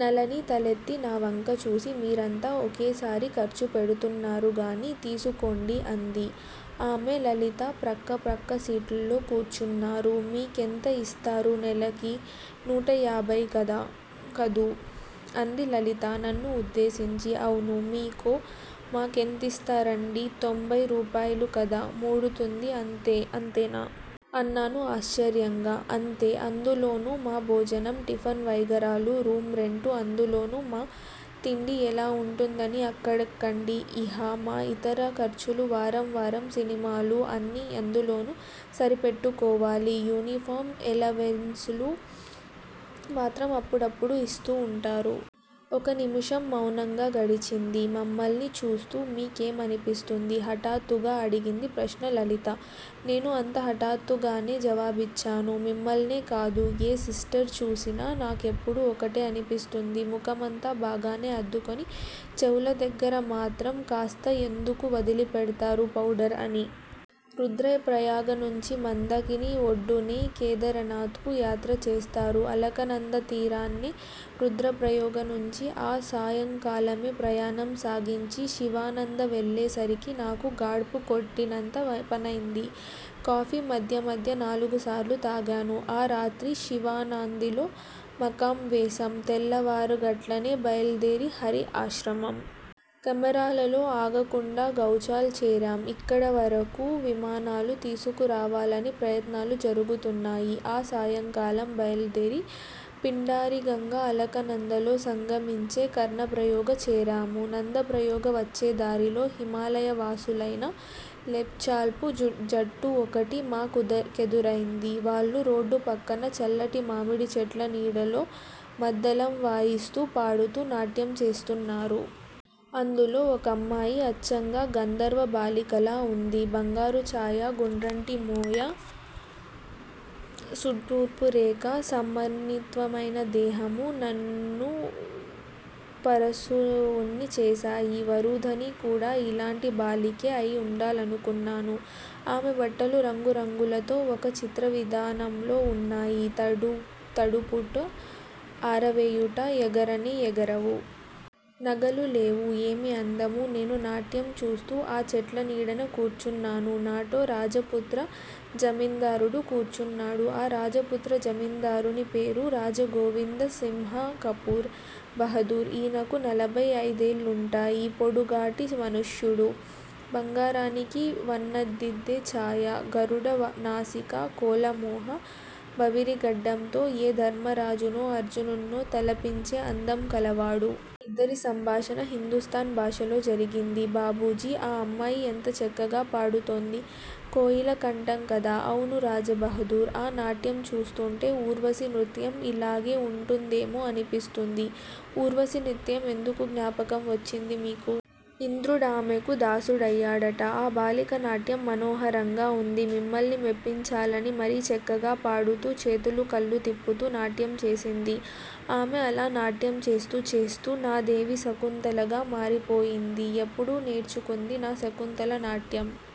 నళిని తల ఎత్తి నా వంక చూసి మీరంతా ఒకేసారి ఖర్చు పెడుతునారుగానీ, తీసుకోండి అంది. ఆమె, లలితా ప్రక్క ప్రక్క సీట్లలో కూర్చున్నారు. మీకెంత యిస్తారు నెలకి? నూటయాభయి కదూ' అంది లలిత, నన్ను ఉద్దేశించి. అవును. మీకో? మా కెంతిస్తారండీ? తొంభయి రూపాయలుకదా ముడుతుంది అంతేనా? అన్నాను ఆశ్చర్యంగా. అంతే! అందులోను మా భోజనం, టిఫిన్ వగైరాలు, రూమ్ రెంటూ అందులోను. మా తిండి ఎలా వుంటుందని అకడక్కండి. ఇహ మా యితర ఖర్చులూ, వారం వారం సినిమాలూ అన్నీ అందులోను సరి పెట్టుకోవాలి, యూనిఫాం ఎలవెన్సులు మాత్రం అప్పుడప్పుడూ యిస్తూ వుంటారు. ఒక నిముషం మౌనంగా గడిచింది. మమ్మల్ని చూస్తూ మీ కేమనిపిస్తుంది? హఠాత్తుగా అడిగిందీ ప్రశ్న లలిత. నేనూ అంత హఠాత్తుగానే జవాబిచ్చాను! మిమ్మల్ని కాదు, ఏ సిస్టర్ చూసినా నా కెప్పుడూ ఒకటే అనిపిస్తుంది _ ముఖమంతా బాగానే అద్దుకొని చెవుల దగ్గర మాత్రం కాస్త ఎందుకు వదిలి పెడతారా పౌడర్ అని. రుద్రప్రయాగనుంచి మందాకిని ఒడ్డునే కేదారనాథ్ కు యాత్ర చేస్తారు. అలకనందా తీరాన్నే రుద్రప్రయోగనుంచి ఆ సాయంకాలమే ప్రయాణం సాగించి, శివానంద వెళ్ళేసరికి నాకు గాడ్పు కొట్టినంత పనైంది. కాఫీ మధ్య మధ్య నాలుగు సారులు తాగాను. ఆ రాత్రి శివానందిలో మకాం వేశాం. తెల్లవారగట్లనే బయలుదేరి హరి ఆశ్రమం. ఖమెరాలలో ఆగకుండా గౌచాల్ చేరాము. ఇక్కడవరకు విమానాలు తీసుకురావాలని ప్రయత్నాలు జరుగుతున్నాయి. ఆ సాయంకాలం బయలుదేరి, పిండారిగంగ అలకనందలో సంగమించే కర్ణప్రయోగ చేరాము. నందప్రయోగ వచ్చేదారిలో హిమాలయవాసులైన లేప్చాల్ఫ్ జట్టు ఒకటి మా కెదురైంది. వాళ్ళు రోడ్డు ప్రక్కన చల్లటి మామిడిచెట్ల నీడలో మద్దళం వాయిస్తూ పాడుతూ నాట్యం చేస్తున్నారు. అందులో ఒక అమ్మాయి అచ్చంగా గంధర్వ బాలికలా ఉంది. బంగారు చాయ, గుండ్రటి మోయ, సుటుపురేఖా సమన్వితమైన దేహమూ నన్ను పరశుణ్ణి చేశాయి. వరూధని కూడా ఈలాంటి బాలికే అయి ఉండాలనుకున్నాను. ఆమె బట్టలు రంగు రంగులతో ఒక చిత్రవిధానంలో వున్నాయి, తడుపుట, ఆరవేయుట ఎగరనే ఎగరవు. నగలూ లేవు. ఏమి అందము! నేను నాట్యం చూస్తూ ఆ చెట్లనీడనే కూర్చున్నాను. నాటో రాజపుత్ర జమీందారుడు కూర్చున్నాడు. ఆ రాజపుత్ర జమీందారుని పేరు రాజగోవిందసింహకపూర్ బహదూర్, ఈయనకు నలభై అయిదేళ్ళుంటాయి. పొడుగాటి మనుష్యుడు. బంగారానికి వన్నెదిద్దే చాయ. గరుడనాసిక, కోలమోహ, బవిరి గడ్డంతో ఏ ధర్మరాజునో, అర్జునుణ్ణో తలపించే అందం కలవాడు. ఇద్దరి సంభాషణ హిందూస్థాన్ భాషలో జరిగింది. ''బాబూజీ! ఆ అమ్మాయి ఎంత చక్కగా పాడుతోంది. కోయిల కంఠం కాదా? '' ''అవును రాజబహదూర్! ఆ నాట్యం చూస్తుంటే ఊర్వశి నృత్యం ఈలాగే వుంటుదేమో అనిపిస్తుంది. '' ''ఊర్వశి నిత్యం ఎందుకు జ్ఞాపకం వచ్చింది మీకు? ఇంద్రు డామెకు దాసుడయ్యాడట. ఆ బాలిక నాట్యం మనోహరంగా ఉంది. మిమ్మల్ని మెప్పించాలని మరీ చక్కగా పాడుతూ, చేతులూ కళ్ళూ తిప్పుతూ నాట్యం చేసింది. ఆమె అలా నాట్యం చేస్తూ, చేస్తూ నాదేవి శకుంతలగా మారిపోయింది. ఎప్పుడు నేర్చుకుంది నా శకుంతల నాట్యం?